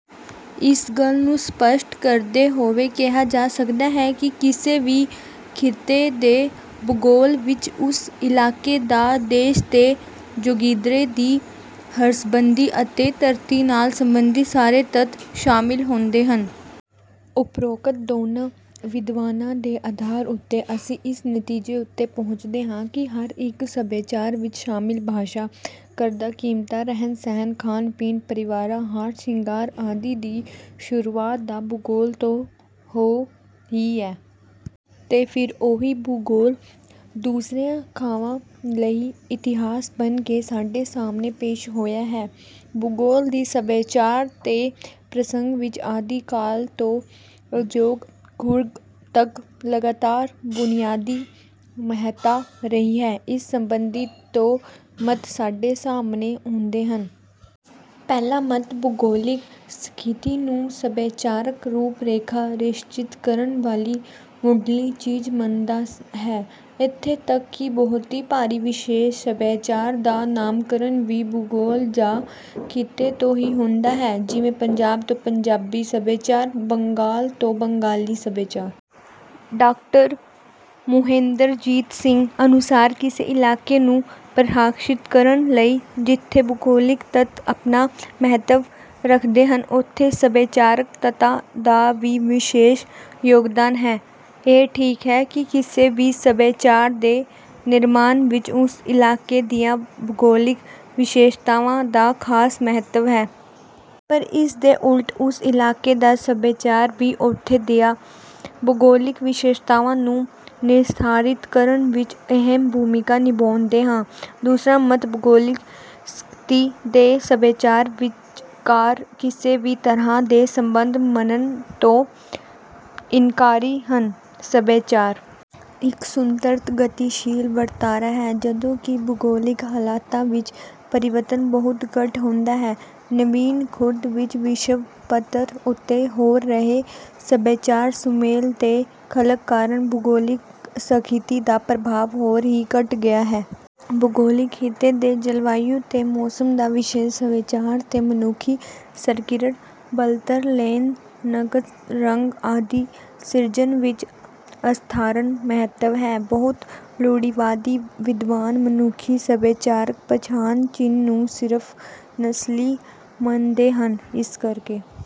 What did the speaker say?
ਇਸ ਗੱਲ ਨੂੰ ਸਪਸ਼ਟ ਕਰਦੇ ਹੋਏ ਕਿਹਾ ਜਾ ਸਕਦਾ ਹੈ ਕਿ ਕਿਸੇ ਵੀ ਖਿੱਤੇ ਦੇ ਭੂਗੋਲ ਵਿੱਚ ਉਸ ਇਲਾਕੇ ਜਾਂ ਦੇਸ਼ ਦੇ ਚੌਗਿਰਦੇ ਦੀ ਹੱਦਬੰਦੀ ਅਤੇ ਧਰਤੀ ਨਾਲ ਸਬੰਧਿਤ ਸਾਰੇ ਤੱਤ ਸ਼ਾਮਿਲ ਹੁੰਦੇ ਹਨ। ਉਪਰੋਕਤ ਦੋਨਾਂ ਵਿਦਵਾਨਾਂ ਦੇ ਅਧਾਰ ਉੱਤੇ ਅਸੀਂ ਇਸ ਨਤੀਜੇ ਉੱਤੇ ਪਹੁੰਚਦੇ ਹਾਂ ਕਿ ਹਰ ਇੱਕ ਸਭਿਆਚਾਰ ਵਿੱਚ ਸ਼ਾਮਿਲ ਭਾਸ਼ਾ, ਕਦਰਾਂ ਕੀਮਤਾਂ, ਰਹਿਣ ਸਹਿਣ, ਖਾਣ ਪੀਣ, ਪਹਿਰਾਵਾ, ਹਾਰ ਸਿੰਗਾਰ ਆਦਿ ਦੀ ਸ਼ੁਰੂਆਤ ਤਾਂ ਭੂਗੋਲ ਤੋਂ ਹੋਈ ਹੈ। ਤੇ ਫਿਰ ਓਹੀ ਭੂਗੋਲ ਦੂਸਰੀਆਂ ਥਾਵਾਂ ਲਈ ਇਤਿਹਾਸ ਬਣ ਕੇ ਸਾਡੇ ਸਾਹਮਣੇ ਪੇਸ਼ ਹੋਇਆ ਹੈ। ਭੂਗੋਲ ਦੀ ਸਭਿਆਚਾਰ ਦੇ ਪ੍ਰਸੰਗ ਵਿੱਚ ਆਦਿ ਕਾਲ ਤੋਂ ਅਜੋਕੇ ਯੁੱਗ ਤੱਕ ਲਗਾਤਾਰ ਬੁਨਿਆਦੀ ਮਹੱਤਤਾ ਰਹੀ ਹੈ। ਇਸ ਸਬੰਧੀ ਦੋ ਮਤ ਸਾਡੇ ਸਾਹਮਣੇ ਆਉਂਦੇ ਹਨ। ਪਹਿਲਾ ਮਤ ਭੂਗੋਲਿਕ ਸਥਿਤੀ ਨੂੰ ਸਭਿਆਚਾਰਕ ਰੂਪ ਰੇਖਾ ਨਿਸ਼ਚਿਤ ਕਰਨ ਵਾਲੀ ਮੁੱਢਲੀ ਚੀਜ਼ ਮੰਨਦਾ ਹੈ। ਇੱਥੋਂ ਤੱਕ ਕਿ ਬਹੁਤੀ ਵਾਰੀ ਵਿਸ਼ੇਸ਼ ਸਭਿਆਚਾਰ ਦਾ ਨਾਮਕਰਣ ਵੀ ਭੂਗੋਲ ਜਾਂ ਖਿੱਤੇ ਤੋਂ ਹੀ ਹੁੰਦਾ ਹੈ, ਜਿਵੇਂ ਪੰਜਾਬ ਤੋਂ ਪੰਜਾਬੀ ਸਭਿਆਚਾਰ, ਬੰਗਾਲ ਤੋਂ ਬੰਗਾਲੀ ਸਭਿਆਚਾਰ। ਡਾਕਟਰ ਮੁਹਿੰਦਰਜੀਤ ਸਿੰਘ ਅਨੁਸਾਰ ਕਿਸੇ ਇਲਾਕੇ ਨੂੰ ਪ੍ਰਭਾਸ਼ਿਤ ਕਰਨ ਲਈ ਜਿੱਥੇ ਭੂਗੋਲਿਕ ਤੱਤ ਆਪਣਾ ਮਹੱਤਵ ਰੱਖਦੇ ਹਨ, ਉੱਥੇ ਸਭਿਆਚਾਰਕ ਤੱਤਾਂ ਦਾ ਵੀ ਵਿਸ਼ੇਸ਼ ਯੋਗਦਾਨ ਹੈ। ਇਹ ਠੀਕ ਹੈ ਕਿ ਕਿਸੇ ਵੀ ਸਭਿਆਚਾਰ ਦੇ ਨਿਰਮਾਣ ਵਿੱਚ ਉਸ ਇਲਾਕੇ ਦੀਆਂ ਭੂਗੋਲਿਕ ਵਿਸ਼ੇਸ਼ਤਾਵਾਂ ਦਾ ਖਾਸ ਮਹੱਤਵ ਹੈ। ਪਰ ਇਸ ਦੇ ਉਲਟ ਉਸ ਇਲਾਕੇ ਦਾ ਸਭਿਆਚਾਰ ਵੀ ਉੱਥੋਂ ਦੀਆਂ ਭੂਗੋਲਿਕ ਵਿਸ਼ੇਸ਼ਤਾਵਾਂ ਨੂੰ ਨਿਰਧਾਰਿਤ ਕਰਨ ਵਿੱਚ ਅਹਿਮ ਭੂਮਿਕਾ ਨਿਭਾਉਂਦਾ ਹੈ। ਦੂਸਰਾ ਮਤ ਭੂਗੋਲਿਕ ਸਥਿਤੀ ਤੇ ਸਭਿਆਚਾਰ ਵਿਚਕਾਰ ਕਿਸੇ ਵੀ ਤਰ੍ਹਾਂ ਦੇ ਸੰਬੰਧ ਮੰਨਣ ਤੋਂ ਇਨਕਾਰੀ ਹਨ। ਸਭਿਆਚਾਰ ਇੱਕ ਸੁਤੰਤਰ ਗਤੀਸ਼ੀਲ ਵਰਤਾਰਾ ਹੈ, ਜਦੋਂ ਕਿ ਭੂਗੋਲਿਕ ਹਾਲਾਤਾਂ ਵਿੱਚ ਪਰਿਵਰਤਨ ਬਹੁਤ ਘੱਟ ਹੁੰਦਾ ਹੈ। ਨਵੀਨ ਯੁੱਗ ਵਿੱਚ ਵਿਸ਼ਵ ਪੱਧਰ ਉੱਤੇ ਹੋ ਰਹੇ ਸਭਿਆਚਾਰ ਸੁਮੇਲ ਦੇ ਯਤਨ ਕਾਰਨ ਭੂਗੋਲਿਕ ਸਥਿਤੀ ਦਾ ਪ੍ਰਭਾਵ ਹੋਰ ਵੀ ਘੱਟ ਗਿਆ ਹੈ। ਭੂਗੋਲਿਕ ਖਿੱਤੇ ਦੇ ਜਲਵਾਯੂ ਤੇ ਮੌਸਮ ਦਾ ਵਿਸ਼ੇਸ਼ ਸਭਿਆਚਾਰ ਦੇ ਮਨੁੱਖੀ ਸਰੀਰਕ ਬਣਤਰ, ਨੈਣ ਨਕਸ਼, ਰੰਗ ਆਦਿ ਸਿਰਜਣ ਵਿੱਚ ਅਸਧਾਰਨ ਮਹੱਤਵ ਹੈ। ਬਹੁਤੇ ਰੂੜੀਵਾਦੀ ਵਿਦਵਾਨ ਮਨੁੱਖੀ ਸਭਿਆਚਾਰ ਪਛਾਣ ਚਿੰਨ੍ਹ ਨੂੰ ਸਿਰਫ ਨਸਲੀ ਮੰਨਦੇ ਹਨ। ਇਸ ਕਰਕੇ...